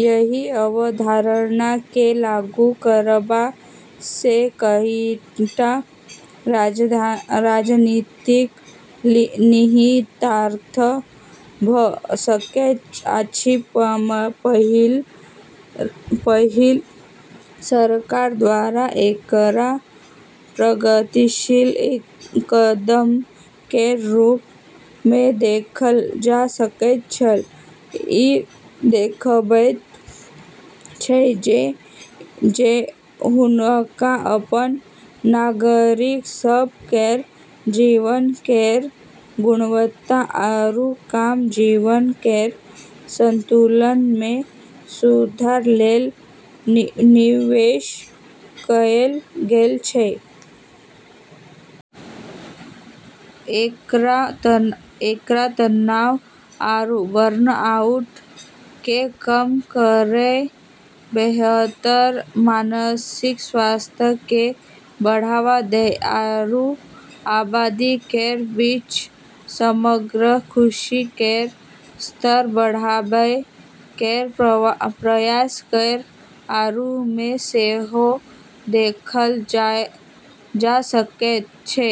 एहि अवधारणा केँ लागू करबा सँ कईटा राजनीतिक निहितार्थ भऽ सकैत अछि। पहिल, सरकार द्वारा एकरा प्रगतिशील कदम केर रूप मे देखल जा सकैत छल। ई देखाबैत छै जे हुनका अपन नागरिक सभ केर जीवन केर गुणवत्ता आरू काम-जीवन केर संतुलन मे सुधार लेल निवेश कएल गेल छै। एकरा तनाव आरू बर्नआउट केँ कम करै, बेहतर मानसिक स्वास्थ्य केँ बढ़ावा दै, आरू आबादी केर बीच समग्र खुशी केर स्तर बढ़ाबै केर प्रयास केर रूप मे सेहो देखल जा सकैत छै।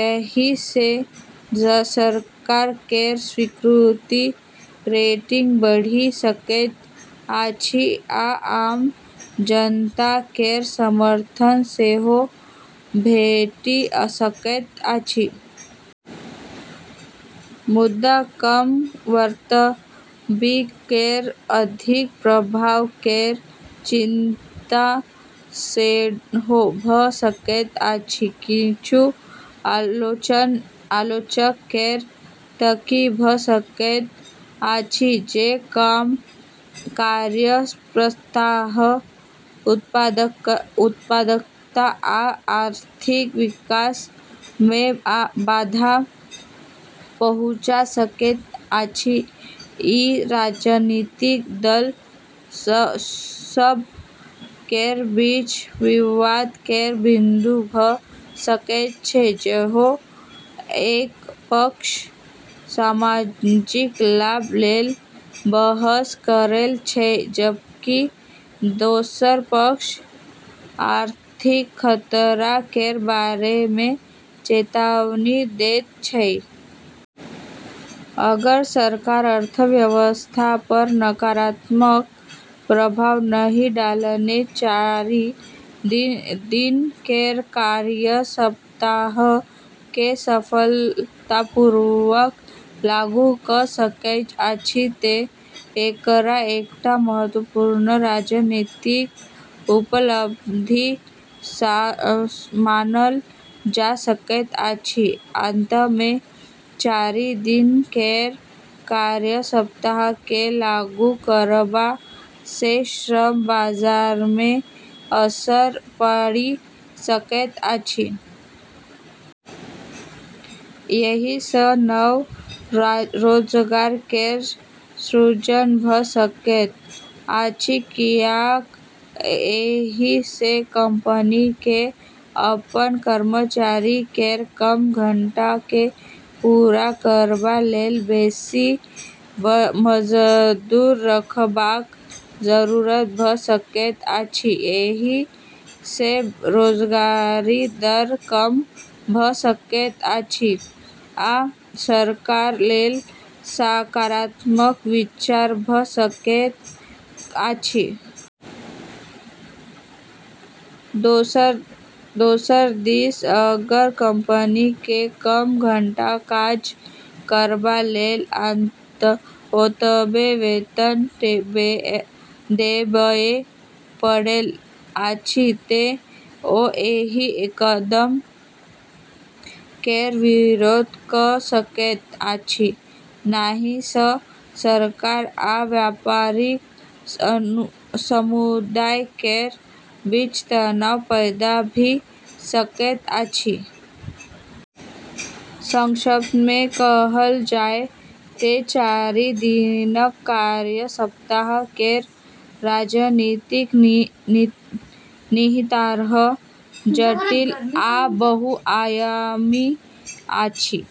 एहि सँ सरकार केर स्वीकृति रेटिंग बढ़ि सकैत अछि आ आम जनता केर समर्थन सेहो भेटि सकैत अछि। मुदा, कम वर्कवीक केर आर्थिक प्रभाव केर चिंता सेहो भऽ सकैत अछि। किछु आलोचक केर तर्क भऽ सकैत अछि जे कम कार्य सप्ताह उत्पादकता आ आर्थिक विकास मे बाधा पहुँचा सकैत अछि। ई राजनीतिक दल सभ केर बीच विवाद केर बिंदु भऽ सकैत छै, जहाँ एक पक्ष सामाजिक लाभ लेल बहस करैत छै जबकि दोसर पक्ष आर्थिक खतरा केर बारे मे चेतावनी दैत छै। अगर सरकार अर्थव्यवस्था पर नकारात्मक प्रभाव नहि डालने चारि दिन केर कार्य सप्ताह केँ सफलतापूर्वक लागू कऽ सकैत अछि तँ एकरा एकटा महत्वपूर्ण राजनीतिक उपलब्धि मानल जा सकैत अछि। अंत मे चारि दिन केर कार्य सप्ताह केँ लागू करबा सँ श्रम बाजार मे असर पड़ि सकैत अछि। एहि सँ नव रोजगार केर सृजन भऽ सकैत अछि, कियाक एहि सँ कंपनी केँ अपन कर्मचारी केर कम घंटा केँ पूरा करबा लेल बेसी मजदूर रखबाक जरूरत भऽ सकैत अछि। एहि सँ बेरोजगारी दर कम भऽ सकैत अछि आ सरकार लेल सकारात्मक विकास भऽ सकैत अछि। दोसर दिस अगर कंपनी केँ कम घंटा काज करबा लेल ओतबे वेतन देबए पड़ैत अछि तँ ओ एहि कदम केर विरोध कऽ सकैत अछि, जाहि सँ सरकार आ व्यापारिक समुदाय केर बीच तनाव पैदा भऽ सकैत अछि। संक्षेप मे कहल जाय तँ चारि दिनक कार्य सप्ताह केर राजनीतिक निहितार्थ जटिल आ बहुआयामी अछि।